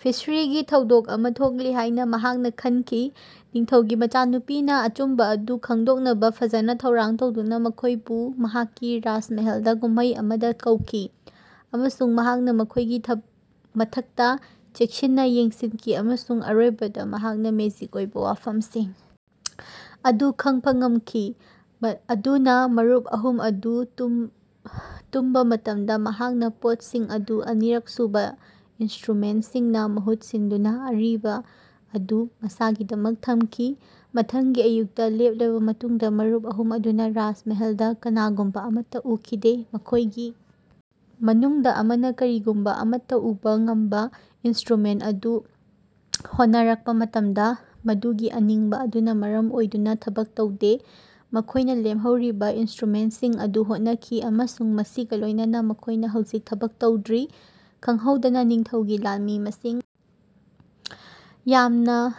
ꯐꯤꯁꯔꯤꯒꯤ ꯊꯧꯗꯣꯛ ꯑꯃꯥ ꯊꯣꯛꯂꯤ ꯍꯥꯏꯅꯥ ꯃꯍꯥꯛꯅꯥ ꯈꯟꯈꯤ꯫ ꯅꯤꯡꯊꯧꯒꯤ ꯃꯆꯥꯅꯨꯄꯤꯅꯥ ꯑꯆꯨꯝꯕꯥ ꯑꯗꯨ ꯈꯪꯗꯣꯛꯅꯕꯥ ꯐꯖꯅꯥ ꯊꯧꯔꯥꯡ ꯇꯧꯗꯨꯅꯥ ꯃꯈꯣꯏꯕꯨ ꯃꯍꯥꯛꯀꯤ ꯔꯥꯖꯃꯍꯜꯗꯥ ꯀꯨꯝꯃꯩ ꯑꯃꯗꯥ ꯀꯧꯈꯤ꯫ ꯑꯃꯁꯨꯡ ꯃꯍꯥꯛꯅꯥ ꯃꯈꯣꯏꯒꯤ ꯃꯊꯛꯇꯥ ꯆꯦꯛꯁꯤꯟꯅꯥ ꯌꯦꯡꯁꯤꯟꯈꯤ ꯑꯃꯁꯨꯡ ꯑꯔꯣꯏꯕꯗꯥ ꯃꯍꯥꯛꯅꯥ ꯃꯦꯖꯤꯛ ꯑꯣꯏꯕꯥ ꯋꯥꯐꯝꯁꯤꯡ ꯑꯗꯨ ꯈꯪꯕꯥ ꯉꯝꯈꯤ꯫ ꯑꯗꯨꯅꯥ ꯃꯔꯨꯞ ꯑꯍꯨꯝ ꯑꯗꯨ ꯇꯨꯝꯕꯥ ꯃꯇꯝꯗꯥ ꯃꯍꯥꯛꯅꯥ ꯄꯣꯠꯁꯤꯡ ꯑꯗꯨ ꯑꯅꯤꯔꯛ ꯁꯨꯕꯥ ꯏꯟꯁꯇ꯭ꯔꯨꯃꯦꯟꯠꯁꯤꯡꯅꯥ ꯃꯍꯨꯠ ꯁꯤꯟꯗꯨꯅꯥ ꯑꯔꯤꯕꯥ ꯑꯗꯨ ꯃꯁꯥꯒꯤꯗꯃꯛ ꯊꯝꯈꯤ꯫ ꯃꯊꯪꯒꯤ ꯑꯌꯨꯛꯇꯥ ꯂꯦꯞꯂꯕꯥ ꯃꯇꯨꯡꯗꯥ ꯃꯔꯨꯞ ꯑꯍꯨꯝ ꯑꯗꯨꯅꯥ ꯔꯥꯖꯃꯍꯜꯗꯥ ꯀꯅꯥꯒꯨꯝꯕꯥ ꯑꯃꯠꯇꯥ ꯎꯈꯤꯗꯦ꯫ ꯃꯈꯣꯏꯒꯤ ꯃꯅꯨꯡꯗꯥ ꯑꯃꯅꯥ ꯀꯔꯤꯒꯨꯝꯕꯥ ꯑꯃꯠꯇꯥ ꯎꯕꯥ ꯉꯝꯕꯥ ꯏꯟꯁꯇ꯭ꯔꯨꯃꯦꯟꯠ ꯑꯗꯨ ꯍꯣꯠꯅꯔꯛꯄꯥ ꯃꯇꯝꯗꯥ ꯃꯗꯨꯒꯤ ꯑꯅꯤꯡꯕꯥ ꯑꯗꯨꯅꯥ ꯃꯔꯝ ꯑꯣꯏꯗꯨꯅꯥ ꯊꯕꯛ ꯇꯧꯗꯦ꯫ ꯃꯈꯣꯏꯅꯥ ꯂꯦꯝꯍꯧꯔꯤꯕꯥ ꯏꯟꯁꯇ꯭ꯔꯨꯃꯦꯟꯠꯁꯤꯡ ꯑꯗꯨ ꯍꯣꯠꯅꯈꯤ ꯑꯃꯁꯨꯡ ꯃꯁꯤꯒꯥ ꯂꯣꯏꯅꯅꯥ ꯃꯈꯣꯏꯅꯥ ꯍꯧꯖꯤꯛ ꯊꯕꯛ ꯇꯧꯗ꯭ꯔꯤ꯫ ꯈꯪꯍꯧꯗꯅꯥ ꯅꯤꯡꯊꯧꯒꯤ ꯂꯥꯟꯃꯤ ꯃꯁꯤꯡ ꯌꯥꯝꯅꯥ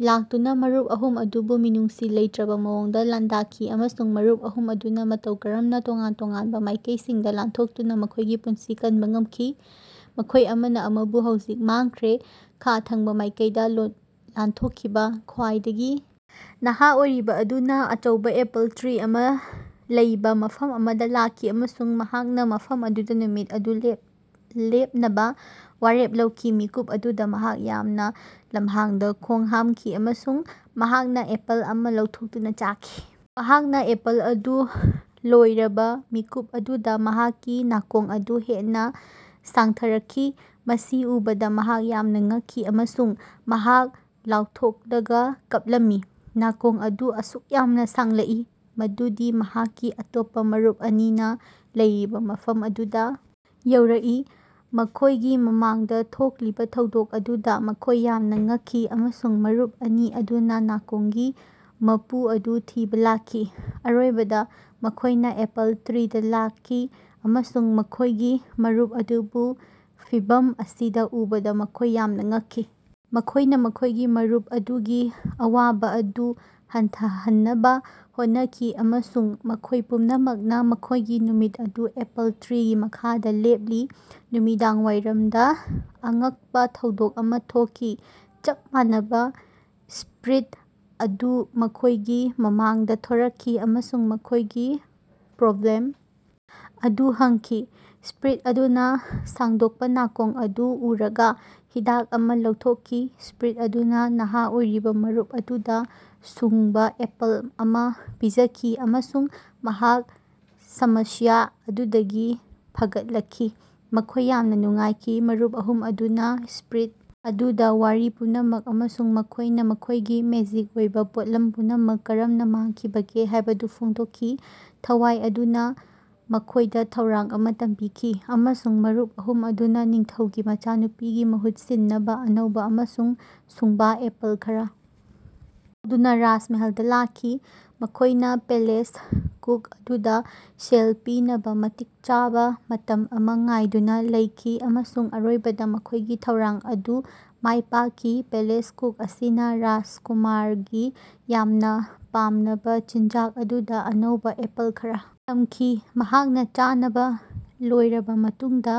ꯂꯥꯛꯇꯨꯅꯥ ꯃꯔꯨꯞ ꯑꯍꯨꯝ ꯑꯗꯨꯕꯨ ꯃꯤꯅꯨꯡꯁꯤ ꯂꯩꯇ꯭ꯔꯕꯥ ꯃꯑꯣꯡꯗꯥ ꯂꯥꯟꯗꯥꯈꯤ ꯑꯃꯁꯨꯡ ꯃꯔꯨꯞ ꯑꯍꯨꯝ ꯑꯗꯨꯅꯥ ꯃꯇꯧ ꯀꯔꯝꯅꯥ ꯇꯣꯉꯥꯟ ꯇꯣꯉꯥꯟꯕꯥ ꯃꯥꯏꯀꯩꯁꯤꯡꯗꯥ ꯂꯥꯟꯊꯣꯛꯇꯨꯅꯥ ꯃꯈꯣꯏꯒꯤ ꯄꯨꯟꯁꯤ ꯀꯟꯕꯥ ꯉꯝꯈꯤ꯫ ꯃꯈꯣꯏ ꯑꯃꯅꯥ ꯑꯃꯕꯨ ꯍꯧꯖꯤꯛ ꯃꯥꯡꯈ꯭ꯔꯦ꯫ ꯈꯥ ꯊꯪꯕꯥ ꯃꯥꯏꯀꯩꯗꯥ ꯂꯥꯟꯊꯣꯛꯈꯤꯕꯥ ꯈ꯭ꯋꯥꯏꯗꯒꯤ ꯅꯍꯥ ꯑꯣꯏꯔꯤꯕꯥ ꯑꯗꯨꯅꯥ ꯑꯆꯧꯕꯥ ꯑꯦꯄꯜ ꯇ꯭ꯔꯤ ꯑꯃꯥ ꯂꯩꯕꯥ ꯃꯐꯝ ꯑꯃꯗꯥ ꯂꯥꯛꯈꯤ ꯑꯃꯁꯨꯡ ꯃꯍꯥꯛꯅꯥ ꯃꯐꯝ ꯑꯗꯨꯗꯥ ꯅꯨꯃꯤꯠ ꯑꯗꯨ ꯂꯦꯞꯅꯕꯥ ꯋꯥꯔꯦꯞ ꯂꯧꯈꯤ꯫ ꯃꯤꯀꯨꯞ ꯑꯗꯨꯗꯥ ꯃꯍꯥꯛ ꯌꯥꯝꯅꯥ ꯂꯝꯍꯥꯡꯗꯥ ꯈꯣꯡ ꯍꯥꯝꯈꯤ ꯑꯃꯁꯨꯡ ꯃꯍꯥꯛꯅꯥ ꯑꯦꯄꯜ ꯑꯃꯥ ꯂꯧꯊꯣꯛꯇꯨꯅꯥ ꯆꯥꯈꯤ꯫ ꯃꯍꯥꯛꯅꯥ ꯑꯦꯄꯜ ꯑꯗꯨ ꯂꯣꯏꯔꯕꯥ ꯃꯤꯀꯨꯞ ꯑꯗꯨꯗꯥ ꯃꯍꯥꯛꯀꯤ ꯅꯥꯀꯣꯡ ꯑꯗꯨ ꯍꯦꯟꯅꯥ ꯁꯥꯡꯊꯔꯛꯈꯤ꯫ ꯃꯁꯤ ꯎꯕꯗꯥ ꯃꯍꯥꯛ ꯌꯥꯝꯅꯥ ꯉꯛꯈꯤ ꯑꯃꯁꯨꯡ ꯃꯍꯥꯛ ꯂꯥꯎꯊꯣꯛꯂꯒꯥ ꯀꯞꯂꯝꯃꯤ꯫ ꯅꯥꯀꯣꯡ ꯑꯗꯨ ꯑꯁꯨꯛ ꯌꯥꯝꯅꯥ ꯁꯥꯡꯂꯛꯏ ꯃꯗꯨꯗꯤ ꯃꯍꯥꯛꯀꯤ ꯑꯇꯣꯞꯄꯥ ꯃꯔꯨꯞ ꯑꯅꯤꯅꯥ ꯂꯩꯔꯤꯕꯥ ꯃꯐꯝ ꯑꯗꯨꯗꯥ ꯌꯧꯔꯛꯏ꯫ ꯃꯈꯣꯏꯒꯤ ꯃꯃꯥꯡꯗꯥ ꯊꯣꯛꯂꯤꯕꯥ ꯊꯧꯗꯣꯛ ꯑꯗꯨꯗꯥ ꯃꯈꯣꯏ ꯌꯥꯝꯅꯥ ꯉꯛꯈꯤ ꯑꯃꯁꯨꯡ ꯃꯔꯨꯞ ꯑꯅꯤ ꯑꯗꯨꯅꯥ ꯅꯥꯀꯣꯡꯒꯤ ꯃꯄꯨ ꯑꯗꯨ ꯊꯤꯕꯥ ꯂꯥꯛꯈꯤ꯫ ꯑꯔꯣꯏꯕꯗꯥ ꯃꯈꯣꯏꯅꯥ ꯑꯦꯄꯜ ꯇ꯭ꯔꯤꯗꯥ ꯂꯥꯛꯈꯤ ꯑꯃꯁꯨꯡ ꯃꯈꯣꯏꯒꯤ ꯃꯔꯨꯞ ꯑꯗꯨꯕꯨ ꯐꯤꯚꯝ ꯑꯁꯤꯗꯥ ꯎꯕꯗꯥ ꯃꯈꯣꯏ ꯌꯥꯝꯅꯥ ꯉꯛꯈꯤ꯫ ꯃꯈꯣꯏꯅꯥ ꯃꯈꯣꯏꯒꯤ ꯃꯔꯨꯞ ꯑꯗꯨꯒꯤ ꯑꯋꯥꯕꯥ ꯑꯗꯨ ꯍꯟꯊꯍꯟꯅꯕꯥ ꯍꯣꯠꯅꯈꯤ ꯑꯃꯁꯨꯡ ꯃꯈꯣꯏ ꯄꯨꯝꯅꯃꯛꯅꯥ ꯃꯈꯣꯏꯒꯤ ꯅꯨꯃꯤꯠ ꯑꯗꯨ ꯑꯦꯄꯜ ꯇ꯭ꯔꯤꯒꯤ ꯃꯈꯥꯗꯥ ꯂꯦꯞꯂꯤ꯫ ꯅꯨꯃꯤꯗꯥꯡꯋꯥꯏꯔꯝꯗꯥ ꯑꯉꯛꯄꯥ ꯊꯧꯗꯣꯛ ꯑꯃꯥ ꯊꯣꯛꯈꯤ꯫ ꯆꯞ ꯃꯥꯟꯅꯕꯥ ꯁ꯭ꯄꯤꯔꯤꯠ ꯑꯗꯨ ꯃꯈꯣꯏꯒꯤ ꯃꯃꯥꯡꯗꯥ ꯊꯣꯔꯛꯈꯤ ꯑꯃꯁꯨꯡ ꯃꯈꯣꯏꯒꯤ ꯄ꯭ꯔꯣꯕ꯭ꯂꯦꯝ ꯑꯗꯨ ꯍꯪꯈꯤ꯫ ꯁ꯭ꯄꯤꯔꯤꯠ ꯑꯗꯨꯅꯥ ꯁꯥꯡꯗꯣꯛꯄꯥ ꯅꯥꯀꯣꯡ ꯑꯗꯨ ꯎꯔꯒꯥ ꯍꯤꯗꯥꯛ ꯑꯃꯥ ꯂꯧꯊꯣꯛꯈꯤ꯫ ꯁ꯭ꯄꯤꯔꯤꯠ ꯑꯗꯨꯅꯥ ꯅꯍꯥ ꯑꯣꯏꯔꯤꯕꯥ ꯃꯔꯨꯞ ꯑꯗꯨꯗꯥ ꯁꯨꯡꯕꯥ ꯑꯦꯄꯜ ꯑꯃꯥ ꯄꯤꯖꯈꯤ ꯑꯃꯁꯨꯡ ꯃꯍꯥꯛ ꯁꯃꯁ꯭ꯌꯥ ꯑꯗꯨꯗꯒꯤ ꯐꯒꯠꯂꯛꯈꯤ꯫ ꯃꯈꯣꯏ ꯌꯥꯝꯅꯥ ꯅꯨꯡꯉꯥꯏꯈꯤ꯫ ꯃꯔꯨꯞ ꯑꯍꯨꯝ ꯑꯗꯨꯅꯥ ꯁ꯭ꯄꯤꯔꯤꯠ ꯑꯗꯨꯗꯥ ꯋꯥꯔꯤ ꯄꯨꯝꯅꯃꯛ ꯑꯃꯁꯨꯡ ꯃꯈꯣꯏꯅꯥ ꯃꯈꯣꯏꯒꯤ ꯃꯦꯖꯤꯛ ꯑꯣꯏꯕꯥ ꯄꯣꯠꯂꯝ ꯄꯨꯝꯅꯃꯛ ꯀꯔꯝꯅꯥ ꯃꯥꯡꯈꯤꯕꯒꯦ ꯍꯥꯏꯕꯗꯨ ꯐꯣꯡꯗꯣꯛꯈꯤ꯫ ꯊꯋꯥꯏ ꯑꯗꯨꯅꯥ ꯃꯈꯣꯏꯗꯥ ꯊꯧꯔꯥꯡ ꯑꯃꯥ ꯇꯝꯕꯤꯈꯤ ꯑꯃꯁꯨꯡ ꯃꯔꯨꯞ ꯑꯍꯨꯝ ꯑꯗꯨꯅꯥ ꯅꯤꯡꯊꯧꯒꯤ ꯃꯆꯥꯅꯨꯄꯤꯒꯤ ꯃꯍꯨꯠ ꯁꯤꯟꯅꯕꯥ ꯑꯅꯧꯕꯥ ꯑꯃꯁꯨꯡ ꯁꯨꯡꯕꯥ ꯑꯦꯄꯜ ꯈꯔꯥ ꯂꯧꯗꯨꯅꯥ ꯔꯥꯖꯃꯍꯜꯗꯥ ꯂꯥꯛꯈꯤ꯫ ꯃꯈꯣꯏꯅꯥ ꯄꯦꯂꯦꯁ ꯀꯨꯛ ꯑꯗꯨꯗꯥ ꯁꯦꯜ ꯄꯤꯅꯕꯥ ꯃꯇꯤꯛ ꯆꯥꯕꯥ ꯃꯇꯝ ꯑꯃꯥ ꯉꯥꯏꯗꯨꯅꯥ ꯂꯩꯈꯤ ꯑꯃꯁꯨꯡ ꯑꯔꯣꯏꯕꯗꯥ ꯃꯈꯣꯏꯒꯤ ꯊꯧꯔꯥꯡ ꯑꯗꯨ ꯃꯥꯏ ꯄꯥꯛꯈꯤ꯫ ꯄꯦꯂꯦꯁ ꯀꯨꯛ ꯑꯁꯤꯅꯥ ꯔꯥꯖꯀꯨꯃꯥꯔꯒꯤ ꯌꯥꯝꯅꯥ ꯄꯥꯝꯅꯕꯥ ꯆꯤꯟꯖꯥꯛ ꯑꯗꯨꯗꯥ ꯑꯅꯧꯕꯥ ꯑꯦꯄꯜ ꯈꯔꯥ ꯊꯝꯈꯤ꯫ ꯃꯍꯥꯛꯅꯥ ꯆꯥꯅꯕꯥ ꯂꯣꯏꯔꯕꯥ ꯃꯇꯨꯡꯗꯥ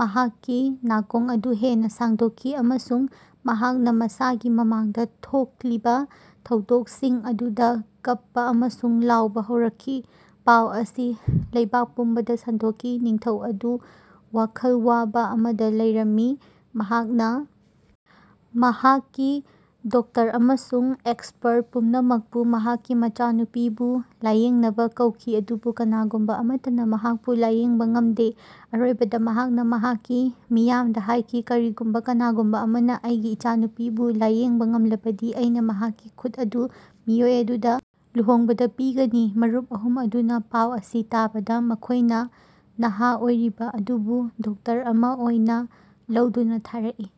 ꯃꯍꯥꯛꯀꯤ ꯅꯥꯀꯣꯡ ꯑꯗꯨ ꯍꯦꯟꯅꯥ ꯁꯥꯡꯗꯣꯛꯈꯤ ꯑꯃꯁꯨꯡ ꯃꯍꯥꯛꯅꯥ ꯃꯁꯥꯒꯤ ꯃꯃꯥꯡꯗꯥ ꯊꯣꯛꯂꯤꯕꯥ ꯊꯧꯗꯣꯛꯁꯤꯡ ꯑꯗꯨꯗꯥ ꯀꯞꯄꯥ ꯑꯃꯁꯨꯡ ꯂꯥꯎꯕꯥ ꯍꯧꯔꯛꯈꯤ꯫ ꯄꯥꯎ ꯑꯁꯤ ꯂꯩꯕꯥꯛ ꯄꯨꯝꯕꯗꯥ ꯁꯟꯗꯣꯛꯈꯤ꯫ ꯅꯤꯡꯊꯧ ꯑꯗꯨ ꯋꯥꯈꯜ ꯋꯥꯕꯥ ꯑꯃꯗꯥ ꯂꯩꯔꯝꯃꯤ꯫ ꯃꯍꯥꯛꯅꯥ ꯃꯍꯥꯛꯀꯤ ꯗꯣꯛꯇꯔ ꯑꯃꯁꯨꯡ ꯑꯦꯛꯁꯄꯔꯠ ꯄꯨꯝꯅꯃꯛꯄꯨ ꯃꯍꯥꯛꯀꯤ ꯃꯆꯥꯅꯨꯄꯤꯕꯨ ꯂꯥꯌꯦꯡꯅꯕꯥ ꯀꯧꯈꯤ ꯑꯗꯨꯕꯨ ꯀꯅꯥꯒꯨꯝꯕꯥ ꯑꯃꯠꯇꯅꯥ ꯃꯍꯥꯛꯄꯨ ꯂꯥꯌꯦꯡꯕꯥ ꯉꯝꯗꯦ꯫ ꯑꯔꯣꯏꯕꯗꯥ ꯃꯍꯥꯛꯅꯥ ꯃꯍꯥꯛꯀꯤ ꯃꯤꯌꯥꯝꯗꯥ ꯍꯥꯏꯈꯤ ꯀꯔꯤꯒꯨꯝꯕꯥ ꯀꯅꯥꯒꯨꯝꯕꯥ ꯑꯃꯅꯥ ꯑꯩꯒꯤ ꯏꯆꯥꯅꯨꯄꯤꯕꯨ ꯂꯥꯌꯦꯡꯕꯥ ꯉꯝꯂꯕꯗꯤ ꯑꯩꯅꯥ ꯃꯍꯥꯛꯀꯤ ꯈꯨꯠ ꯑꯗꯨ ꯃꯤꯑꯣꯏ ꯑꯗꯨꯗꯥ ꯂꯨꯍꯣꯡꯕꯗꯥ ꯄꯤꯒꯅꯤ꯫ ꯃꯔꯨꯞ ꯑꯍꯨꯝ ꯑꯗꯨꯅꯥ ꯄꯥꯎ ꯑꯁꯤ ꯇꯥꯕꯗꯥ ꯃꯈꯣꯏꯅꯥ ꯅꯍꯥ ꯑꯣꯏꯔꯤꯕꯥ ꯑꯗꯨꯕꯨ ꯗꯣꯛꯇꯔ ꯑꯃꯥ ꯑꯣꯏꯅꯥ ꯂꯧꯗꯨꯅꯥ ꯊꯥꯔꯛꯏ꯫